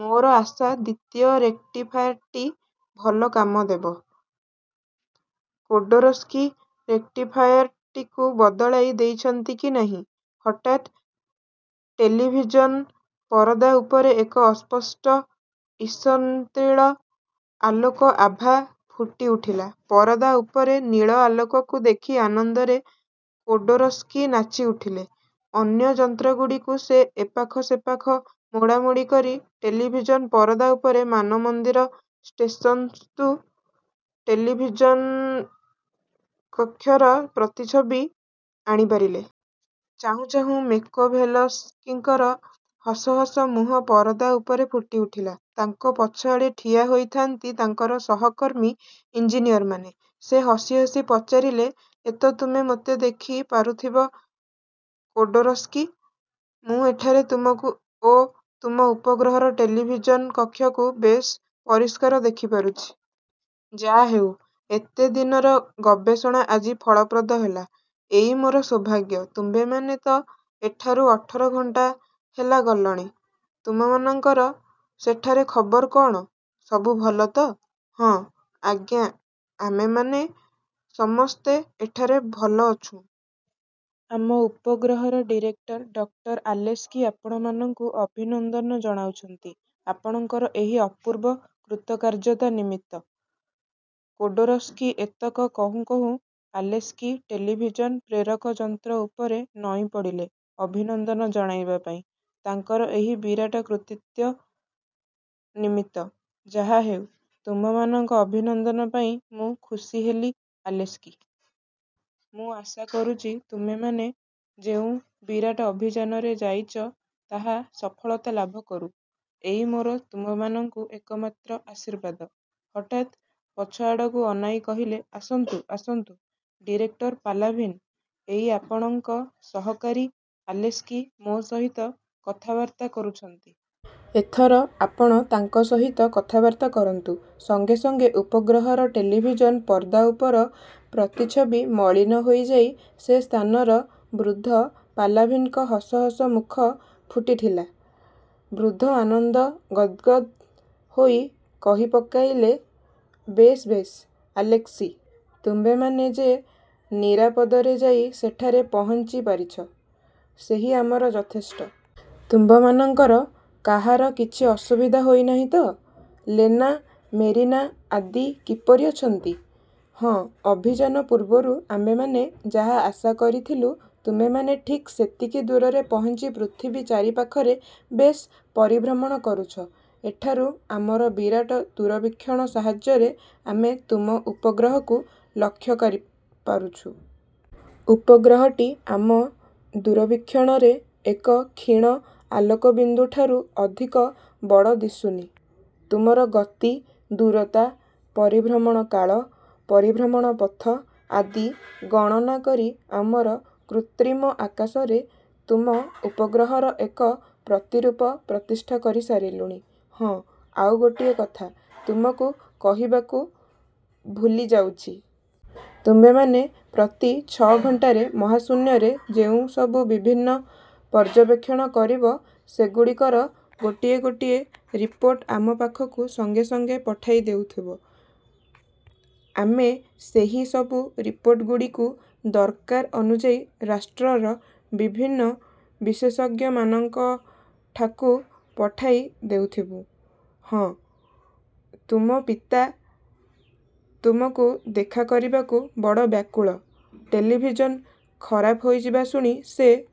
ମୋର ଆଶା ଦ୍ୱିତୀୟ ରେକ୍ଟିଫାୟାର୍ଟି ଭଲ କାମ ଦେବ। କୋଡ଼ୋରସ୍କି ରେକ୍ଟିଫାୟାରଟିକୁ ବଦଳାଇ ଦେଇଛନ୍ତି କି ନାହିଁ, ହଠାତ୍ ଟେଲିଭିଜନ୍ ପରଦା ଉପରେ ଏକ ଅସ୍ପଷ୍ଟ ଈଷତ୍ନୀଳ ଆଲୋକ ଆଭା ଫୁଟି ଉଠିଲା। ପରଦା ଉପରେ ନୀଳ ଆଲୋକକୁ ଦେଖି ଆନନ୍ଦରେ କୋଡ଼ୋରସ୍କି ନାଚିଉଠିଲେ। ଅନ୍ୟ ଯନ୍ତ୍ରଗୁଡ଼ିକୁ ସେ ଏପାଖ ସେପାଖ ମୋଡ଼ାମୋଡ଼ି କରି ଟେଲିଭିଜନ୍ ପରଦା ଉପରେ ମାନମନ୍ଦିର ଷ୍ଟେସନ୍ସ୍ଥ ଟେଲିଭିଜନ୍କକ୍ଷର ପ୍ରତିଛବି ଆଣିପାରିଲେ। ଚାହୁଁ ଚାହୁଁ ମେକୋଭେଲସ୍କିଙ୍କର ହସ ହସ ମୁଖ ପରଦା ଉପରେ ଫୁଟିଉଠିଲା। ତାଙ୍କ ପଛଆଡ଼େ ଠିଆ ହୋଇଥାନ୍ତି ତାଙ୍କର ସହକର୍ମୀ ଇଞ୍ଜିନିଅରମାନେ। ସେ ହସି ହସି ପଚାରିଲେ, ''ଏତ ତୁମେ ମୋତେ ଦେଖି ପାରୁଥିବ କୋଡ଼ୋରସ୍କି। ମୁଁ ଏଠାରେ ତୁମକୁ ଓ ତୁମ ଉପଗ୍ରହର ଟେଲିଭିଜନ୍ କକ୍ଷକୁ ବେଶ୍ ପରିଷ୍କାର ଦେଖିପାରୁଛି। ଯା' ହେଉ; ଏତେ ଦିନର ଗବେଷଣା ଆଜି ଫଳପ୍ରଦ ହେଲା, ଏଇ ମୋର ସୌଭାଗ୍ୟ। ତୁମ୍ଭେମାନେ ତ ଏଠାରୁ ଅଠର ଘଣ୍ଟା ହେଲା ଗଲଣି। ତୁମ୍ଭମାନଙ୍କର ସେଠାରେ ଖବର କଅଣ, ସବୁ ଭଲ ତ? '' ''ହଁ, ଆଜ୍ଞା ଆମ୍ଭେମାନେ ସମସ୍ତେ ଏଠାରେ ଭଲ ଅଛୁଁ। ଆମ ଉପଗ୍ରହର ଡିରେକ୍ଟର ଡକ୍ଟର ଆଲେସ୍କି ଆପଣମାନଙ୍କୁ ଅଭିନନ୍ଦନ ଜଣାଉଛନ୍ତି, ଆପଣଙ୍କର ଏହି ଅପୂର୍ବ କୃତକାର୍ଯ୍ୟତା ନିମିତ୍ତ। '' କୋଡ଼ୋରସ୍କି ଏତକ କହୁଁ କହୁଁ ଆଲେସ୍କି ଟେଲିଭିଜନ୍ ପ୍ରେରକ ଯନ୍ତ୍ର ଉପରେ ନଇଁପଡ଼ିଲେ ଅଭିନନ୍ଦନ ଜଣାଇବାପାଇଁ, ତାଙ୍କର ଏହି ବିରାଟ କୃତିତ୍ୱ ନିମିତ୍ତ। ''ଯାହାହେଉ, ତୁମ୍ଭମାନଙ୍କ ଅଭିନନ୍ଦନ ପାଇ ମୁଁ ଖୁସି ହେଲି ଆଲେସ୍କି! ମୁଁ ଆଶା କରୁଛି ତୁମ୍ଭେମାନେ ଯେଉଁ ବିରାଟ ଅଭିଯାନରେ ଯାଇଚ, ତାହା ସଫଳତା ଲାଭ କରୁ। ଏଇ ମୋର ତୁମ୍ଭମାନଙ୍କୁ ଏକମାତ୍ର ଆଶୀର୍ବାଦ। '' ହଠାତ୍ ପଛଆଡ଼କୁ ଅନାଇ କହିଲେ, ''ଆସନ୍ତୁ, ଆସନ୍ତୁ, ଡିରେକ୍ଟର ପାଲାଭିନ୍, ଏଇ ଆପଣଙ୍କ ସହକାରୀ ଆଲେସ୍କି ମୋ ସହିତ କଥାବାର୍ତ୍ତା କରୁଛନ୍ତି। ଏଥର ଆପଣ ତାଙ୍କ ସହିତ କଥାବାର୍ତ୍ତା କରନ୍ତୁ। '' ସଙ୍ଗେ ସଙ୍ଗେ ଉପଗ୍ରହର ଟେଲିଭିଜନ୍ ପର୍ଦ୍ଦା ଉପର ପ୍ରତିଛବି ମଳିନ ହୋଇଯାଇ ସେ ସ୍ଥାନର ବୃଦ୍ଧ ପାଲାଭିନ୍ଙ୍କ ହସ ହସ ମୁଖ ଫୁଟିଠିଲା। ବୃଦ୍ଧ ଆନନ୍ଦ ଗଦ୍ଗଦ୍ ହୋଇ କହିପକାଇଲେ–''ବେଶ୍ ବେଶ୍ ଆଲେସ୍କି, ତୁମ୍ଭେମାନେ ଯେ ନିରାପଦରେ ଯାଇ ସେଠାରେ ପହଞ୍ଚି ପାରିଛ, ସେହି ଆମର ଯଥେଷ୍ଟ। ତୁମ୍ଭମାନଙ୍କର କାହାର କିଛି ଅସୁବିଧା ହୋଇନାହିଁ ତ? ଲେନା, ମେରିନା ଆଦି କିପରି ଅଛନ୍ତି? ହଁ, ଅଭିଯାନ ପୂର୍ବରୁ ଆମ୍ଭେମାନେ ଯାହା ଆଶା କରିଥିଲୁ, ତୁମ୍ଭେମାନେ ଠିକ୍ ସେତିକି ଦୂରରେ ପହଞ୍ଚି ପୃଥିବୀ ଚାରି ପାଖରେ ବେଶ୍ ପରିଭ୍ରମଣ କରୁଛ। ଏଠାରୁ ଆମର ବିରାଟ ଦୂରବୀକ୍ଷଣ ସାହାଯ୍ୟରେ ଆମେ ତୁମ ଉପଗ୍ରହକୁ ଲକ୍ଷ୍ୟ କରିପାରୁଛୁଁ। ଉପଗ୍ରହଟି ଆମ ଦୂରବୀକ୍ଷଣରେ ଏକ କ୍ଷୀଣ ଆଲୋକବିନ୍ଦୁଠାରୁ ଅଧିକ ବଡ଼ ଦିଶୁନି। ତୁମର ଗତି, ଦୂରତା, ପରିଭ୍ରମଣ କାଳ, ପରିଭ୍ରମଣ ପଥ ଆଦି ଗଣନା କରି ଆମର କୃତ୍ରିମ ଆକାଶରେ ତୁମ ଉପଗ୍ରହର ଏକ ପ୍ରତିରୂପ ପ୍ରତିଷ୍ଠା କରି ସାରିଲୁଣି। ହଁ, ଆଉ ଗୋଟିଏ କଥା ତୁମକୁ କହିବାକୁ ଭୁଲିଯାଉଛି। ତୁମ୍ଭେମାନେ ପ୍ରତି ଛ' ଘଣ୍ଟାରେ ମହାଶୂନ୍ୟରେ ଯେଉଁ ସବୁ ବିଭିନ୍ନ ପର୍ଯ୍ୟବେକ୍ଷଣ କରିବ, ସେଗୁଡ଼ିକର ଗୋଟିଏ ଗୋଟିଏ ରିପୋର୍ଟ ଆମ ପାଖକୁ ସଙ୍ଗେ ସଙ୍ଗେ ପଠାଇ ଦେଉଥିବ। ଆମେ ସେହି ସବୁ ରିପୋର୍ଟଗୁଡ଼ିକୁ ଦରକାର ଅନୁଯାୟୀ ରାଷ୍ଟ୍ରର ବିଭିନ୍ନ ବିଶେଷଜ୍ଞମାନଙ୍କଠାକୁ ପଠାଇ ଦେଉଥିବୁଁ। ହଁ, ତୁମ ପିତା ତୁମକୁ ଦେଖା କରିବାକୁ ବଡ଼ ବ୍ୟାକୁଳ। ଟେଲିଭିଜନ ଖରାପ ହୋଇଯିବା ଶୁଣି ସେ